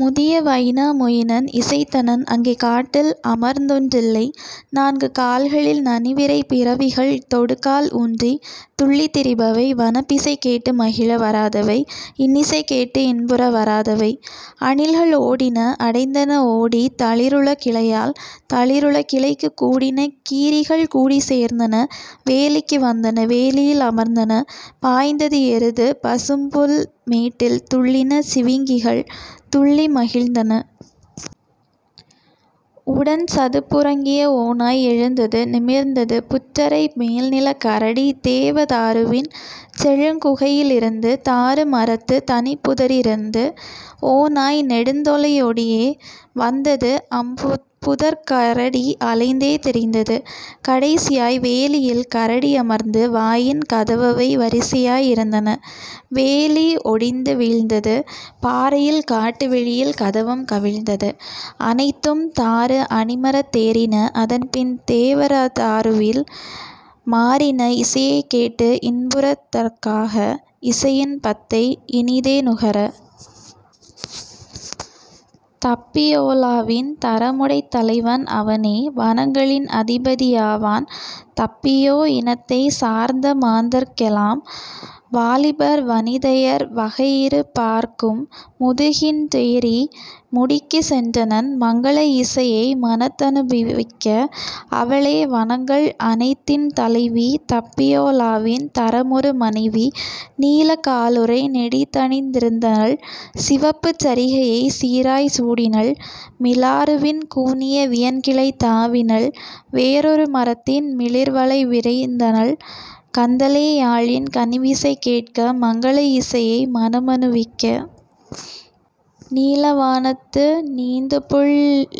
முதிய Vainamoinen இசைத்தனன் அங்கே காட்டில் அமர்ந்தொன் றில்லை நான்கு கால்களில் நனிவிரை பிறவிகள் தொடுகால் ஊன்றித் துள்ளித் திரிபவை வனப்பிசை கேட்டு மகிழ வராதவை இன்னிசை கேட்டு இன்புற வராதவை. அணில்கள் ஓடின அடைந்தன ஓடி தளிருள கிளையால் தளிருள கிளைக்கு கூடின கீரிகள் கூடிச் சேர்ந்தன வேலிக்கு வந்தன வேலியில் அமர்ந்தன பாய்ந்தது எருது பசும்புல் மேட்டில் துள்ளின சிவிங்கிகள் துள்ளி மகிழ்ந்தன. உடன்சதுப் புறங்கிய ஓநாய் எழுந்தது நிமிர்ந்தது புற்றரை மேல்நிலக் கரடி தேவ தாருவின் செழுங்குகை யிருந்து தாரு மரத்துத் தனிப்புத ரிருந்து; ஓநாய் நெடுந்தொலை ஓடியே வந்தது அம்புதர்க் கரடி அலைந்தே திரிந்தது கடைசியாய் வேலியில் கரடி யமர்ந்தது வாயின் கதவவை வரிசையாய் இருந்தன; வேலி ஒடிந்து வீழ்ந்தது பாறையில் காட்டு வெளியில் கதவம் கவிழ்ந்தது; அனைத்தும் தாரு அணிமரத் தேறின அதன்பின் தேவ ரதாருவில் மாறின இசையைக் கேட்டு இன்புறற் காக இசையின் பத்தை இனிதே நுகர. தப்பியோ லாவின் தரமுடைத் தலைவன் அவனே வனங்களின் அதிபதி யாவான் தப்பியோ இனத்தைச் சார்ந்தமாந் தர்க்கெலாம் வாலிபர் வனிதையர் வகையிரு பாற்கும், முதுகுன் றேறி முடிக்குச் சென்றனன் மங்கள இசையை மனத்தனு பவிக்க; அவளே வனங்கள் அனைத்தின் தலைவி தப்பியோ லாவின் தரமுறு மனைவி நீலக் காலுறை நெடிதணிந் திருந்தனள் சிவப்புச் சரிகையைச் சீராய்ச் சூடினள்; மிலாறுவின் கூனிய வியன்கிளைத் தாவினள் வேறொரு மரத்தின் மிளிர்வளை விருந்தனள் கந்தலே யாழின் கனிவிசை கேட்க மங்கள இசையை மனமனு பவிக்க. நீலவா னத்து நீந்துபுள்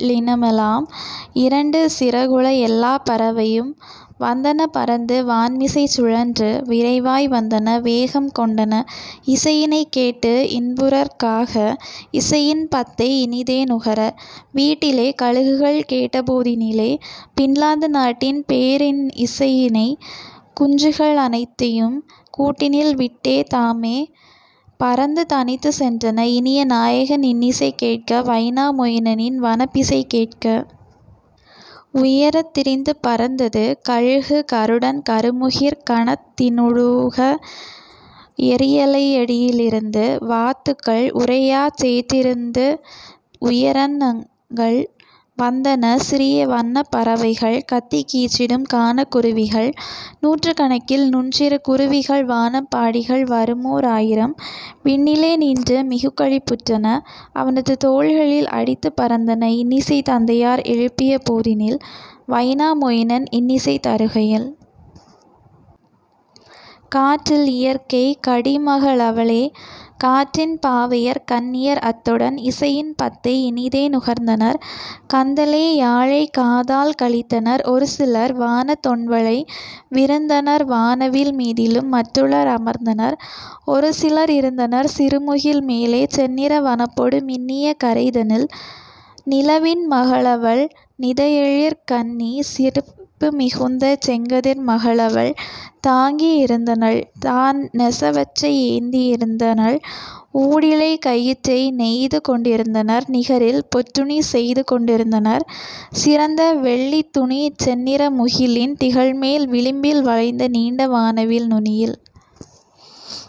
ளினமெலாம் இரண்டு சிறகுள எல்லாப் பறவையும் வந்தன பறந்து வான்மிசைச் சுழன்று விரைவாய் வந்தன வேகம் கொண்டன இசையினைக் கேட்டு இன்புறற் காக இசையின் பத்தை இனிதே நுகர. வீட்டிலே கழுகுகள் கேட்டபோ தினிலே பின்லாந்து நாட்டின் பேரின் னிசையினை குஞ்சுகள் னைத்தையும் கூட்டினில் விட்டே தாமே பறந்து தனித்துச் சென்றன இனிய நாயகன் இன்னிசை கேட்க வைனா மொயினனின் வனப்பிசை கேட்க. உயரத் திருந்து பறந்தது கழுகு கருடன் கருமுகிற் கணத்தினூ டாக எறியலை யடியி லிருந்து வாத் துக்கள் உறையாச் சேற்றிருந் துயரன் னங்கள்; வந்தன சிறிய வன்னப் பறவைகள் கத்திக் கீச்சிடும் கானக் குருவிகள் நூற்றுக் கணக்கில் நுண்சிறு குருவிகள் வானம் பாடிகள் வருமோ ராயிரம் விண்ணிலே நின்று மிகுகளிப் புற்றன அவனது தோள்களில் அடித்துப் பறந்தன இன்னிசை தந்தையார் எழுப்பிய போதினில் வைனா மொயினன் இன்னிசை தருகையில். காற்றில் இயற்கைக் கடிமக ளவளே காற்றின் பாவையர் கன்னியர் அத்துடன் இசையின் பத்தை இனிதே நுகர்ந்தனர் கந்தலே யாழைக் காதால் களித்தனர் ஒருசிலர் வானத் தொண்வளை விருந்தனர் வானவில் மீதிலும் மற்றுளர் அமர்ந்தனர் ஒருசிலர் இருந்தனர் சிறுமுகில் மேலே செந்நிற வனப்பொடு மின்னிய கரைதனில். நிலவின் மகளவள் நிதஎழிற் கன்னி சிறப்பு மிகுந்த செங்கதிர் மகளவள் தாங்கி யிருந்தனள் தான்நெச வச்சை ஏந்தி யிருந்தனள் ஊடிழைக் கயிற்றை நெய்துகொண் டிருந்தனர் நிகரில் பொற்றுணி செய்துகொண் டிருந்தனர் சிறந்தவெள் ளித்துணி செந்நிற முகிலின் திகழ்மேல் விளிம்பில் வளைந்த நீண்ட வானவில் நுனியில்.